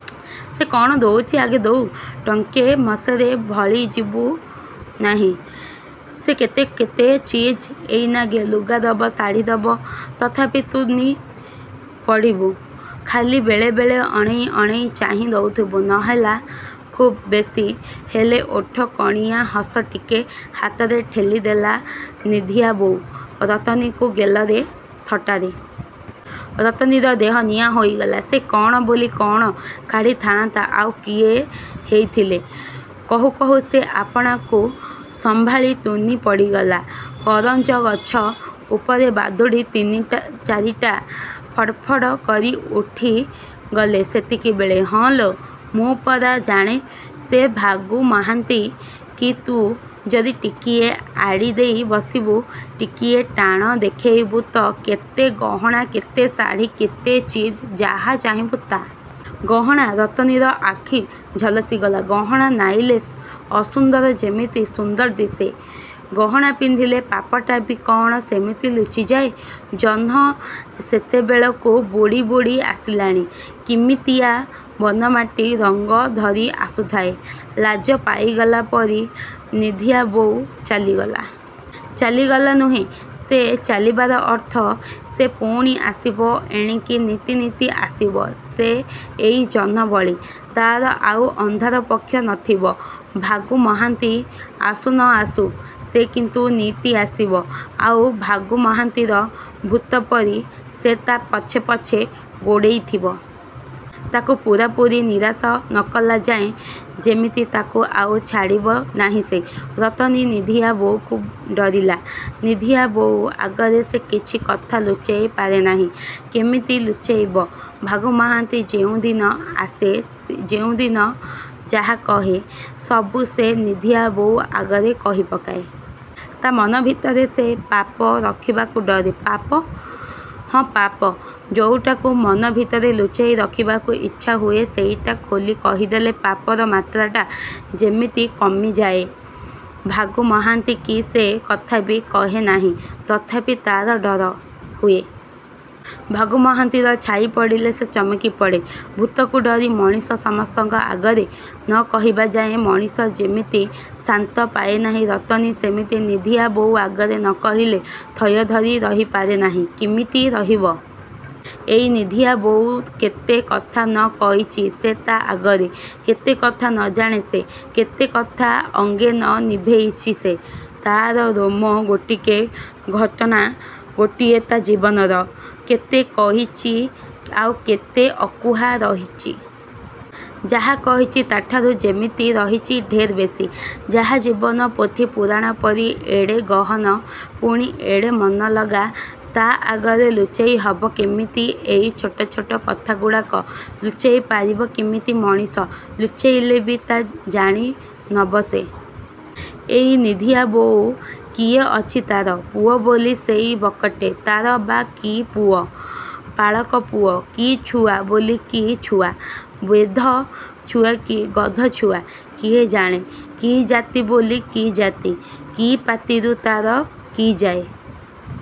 ସେ କ'ଣ ଦଉଚି ଆଗେ ଦଉ। ଟଙ୍କେ ମସେରେ ଭଳିଯିବୁ ନାହିଁ। ସେ କେତେ କେତେ ଚିଜ ଏଇ ନାଗେ। ଲୁଗା ଦବ ଶାଢ଼ି ଦବ । ତଥାପି ତୁନି ପଢ଼ିବୁ। ଖାଲି ବେଳେ ବେଳେ ଅଣେଇ ଅଣେଇ ଚାହିଁ ଦଉଥିବୁ ନହେଲା ଖୁବ୍ ବେଶି ହେଲେ ଓଠ କଣିଆ ହସ ଟିକେ ହାତରେ ଠେଲିଦେଲା ନିଧିଆବୋଉ ରତନୀକୁ ଗେଲରେ ଥଟ୍ଟାରେ। ରତନୀର ଦେହ ନିଆଁ ହେଇଗଲା। ସେ କ'ଣ ବୋଲି କ'ଣ କାଢ଼ିଥାଆନ୍ତା ଆଉ କିଏ ହେଇଥିଲେ। କହୁ କହୁ ସେ ଆପଣାକୁ ସମ୍ଭାଳି ତୁନି ପଡ଼ିଗଲା। କରଞ୍ଜ ଗଛ ଉପରେ ବାଦୁଡ଼ି ତିନିଟାଚାରିଟା ଫଡ଼୍ ଫଡ଼୍ କରି ଉଠିଗଲେ ସେତିକିବେଳେ। ହଁ ଲୋ ମୁଁ ପରା ଜାଣେ ସେ ଭାଗୁ ମହାନ୍ତି କି ତୁ ଯଦି ଟିକିଏ ଆଡ଼ିଦେଇ ବସିବୁ ଟିକିଏ ଟାଣ ଦେଖେଇବୁ ତ କେତେ ଗହଣା କେତେ ଶାଢ଼ି କେତେ ଚିଜ ଯାହା ଚାହିଁବୁ ତା। ଗହଣା? ରତନୀର ଆଖି ଝଲସି ଗଲା। ଗହଣା ନାଇଲେ ଅସୁନ୍ଦର ଯେମିତି ସୁନ୍ଦର ଦିଶେ ଗହଣା ପିନ୍ଧିଲେ ପାପଟାବି କଣ ସେମିତି ଲୁଚିଯାଏଁ? ଜହ୍ନ ସେତେବେଳକୁ ବୁଡ଼ି ବୁଡ଼ି ଆସିଲାଣି। କିମିତିଆ ବନମାଟି ରଙ୍ଗ ଧରି ଆସୁଥାଏ। ଲାଜପାଇଗଲା ପରି। ନିଧିଆ ବୋଉ ଚାଲିଗଲା। ଚାଲିଗଲା ନୁହେଁ ସେ ଚାଲିବାର ଅର୍ଥ ସେ ପୁଣି ଆସିବ ଏଣିକି ନିତି ନିତି ଆସିବ ସେ ଏଇ ଜହ୍ନ ଭଳି। ତାର ଆଉ ଅନ୍ଧାର ପକ୍ଷ ନ ଥିବ। ଭାଗୁ ମହାନ୍ତି ଆସୁ ନ ଆସୁ ସେ କିନ୍ତୁ ନିତି ଆସିବ। ଆଉ ଭାଗୁ ମହାନ୍ତିର ଭୂତପରି ସେ ତା ପଛେ ପଛେ ଗୋଡ଼େଇ ଥିବ। ତାକୁ ପୂରାପୂରି ନିରାଶ ନକଲା ଯାଏଁ ଯେମିତି ତାକୁ ଆଉ ଛାଡ଼ିବ ନାହିଁ ସେ। ରତନୀ ନିଧିଆ ବୋଉକୁ ଡରିଲା। ନିଧିଆ ବୋଉ ଆଗରେ ସେ କିଛି କଥା ଲୁଚେଇ ପାରେ ନାହିଁ। କେମିତି ଲୁଚେଇବ? ଭାଗୁ ମହାନ୍ତି ଯେଉଁଦିନ ଆସେ ଯେଉଁଦିନ ଯାହା କହେ ସବୁ ସେ ନିଧିଆ ବୋଉ ଆଗରେ କହି ପକାଏ। ତା' ମନଭିତରେ ସେ ପାପ ରଖିବାକୁ ଡରେ। ପାପ? ହଁ ପାପ। ଯଉଟାକୁ ମନ ଭିତରେ ଲୁଚେଇ ରଖିବାକୁ ଇଚ୍ଛା ହୁଏ ସେଇଟା। ଖୋଲି କହିଦେଲେ ପାପର ମାତ୍ରାଟା ଯେମିତି କମିଯାଏଁ। ଭାଗୁ ମହାନ୍ତି କି ସେ କଥାବି କହେ ନାହିଁ। ତଥାପି ତା'ର ଡର ହୁଏ। ଭାଗୁ ମହାନ୍ତିର ଛାଇ ପଡ଼ିଲେ ସେ ଚମକି ପଡ଼େ। ଭୂତକୁ ଡରି ମଣିଷ ସମସ୍ତଙ୍କ ଆଗରେ ନ କହିବା ଯାଏଁ। ମଣିଷ ଯେମିତି ଶାନ୍ତି ପାଏ ନାହିଁ ରତନୀ ସେମିତି ନିଧିଆ ବୋଉ ଆଗରେ ନ କହିଲେ ଥୟ ଧରି ରହିପାରେ ନାହିଁ। କିମିତି ରହିବ? ଏଇ ନିଧିଆ ବୋଉ କେତେ କଥା ନ କହିଚି ସେ ତା ଆଗରେ। କେତେ କଥା ନ ଜାଣେ ସେ। କେତେ କଥା ଅଙ୍ଗେ ନ ନିଭେଇଚି ସେ। ତାର ରୋମ ଗୋଟିକେ ଘଟନା ଗୋଟିଏ ତା ଜୀବନର। କେତେ କହିଚି ଆଉ କେତେ ଅକୁହା ରହିଚି। ଯାହା କହିଚି ତାଠୁ ଯେମିତି ରହିଚି ଢେର୍ ବେଶି। ଯାହା ଜୀବନ ପୋଥି ପୁରାଣ ପରି ଏଡ଼େ ଗହନ ପୁଣି ଏଡ଼େ ମନଲଗା ତା ଆଗରେ ଲୁଚେଇ ହବ କିମିତି ଏଇ ଛୋଟ ଛୋଟ କଥାଗୁଡ଼ାକ। ଲୁଚେଇ ପାରିବ କିମିତି ମଣିଷ ଲୁଚେଇଲେବି ତା ଜାଣିନବ ସେ। ଏଇ ନିଧିଆ ବୋଉ କିଏ ଅଛି ତାର? ପୁଅ ବୋଲି ସେଇ ବକଟେ। ତାର ବା କି ପୁଅ? ପାଳକ ପୁଅ କି ଛୁଆ ବୋଲି କି ଛୁଆ ବେଧ ଛୁଆ କି ଗଧଛୁଆ କିଏ ଜାଣେ। କି ଜାତି ବୋଲି କି ଜାତି। ଜାତି ପତିରୁ ତାର କି ଯାଏଁ।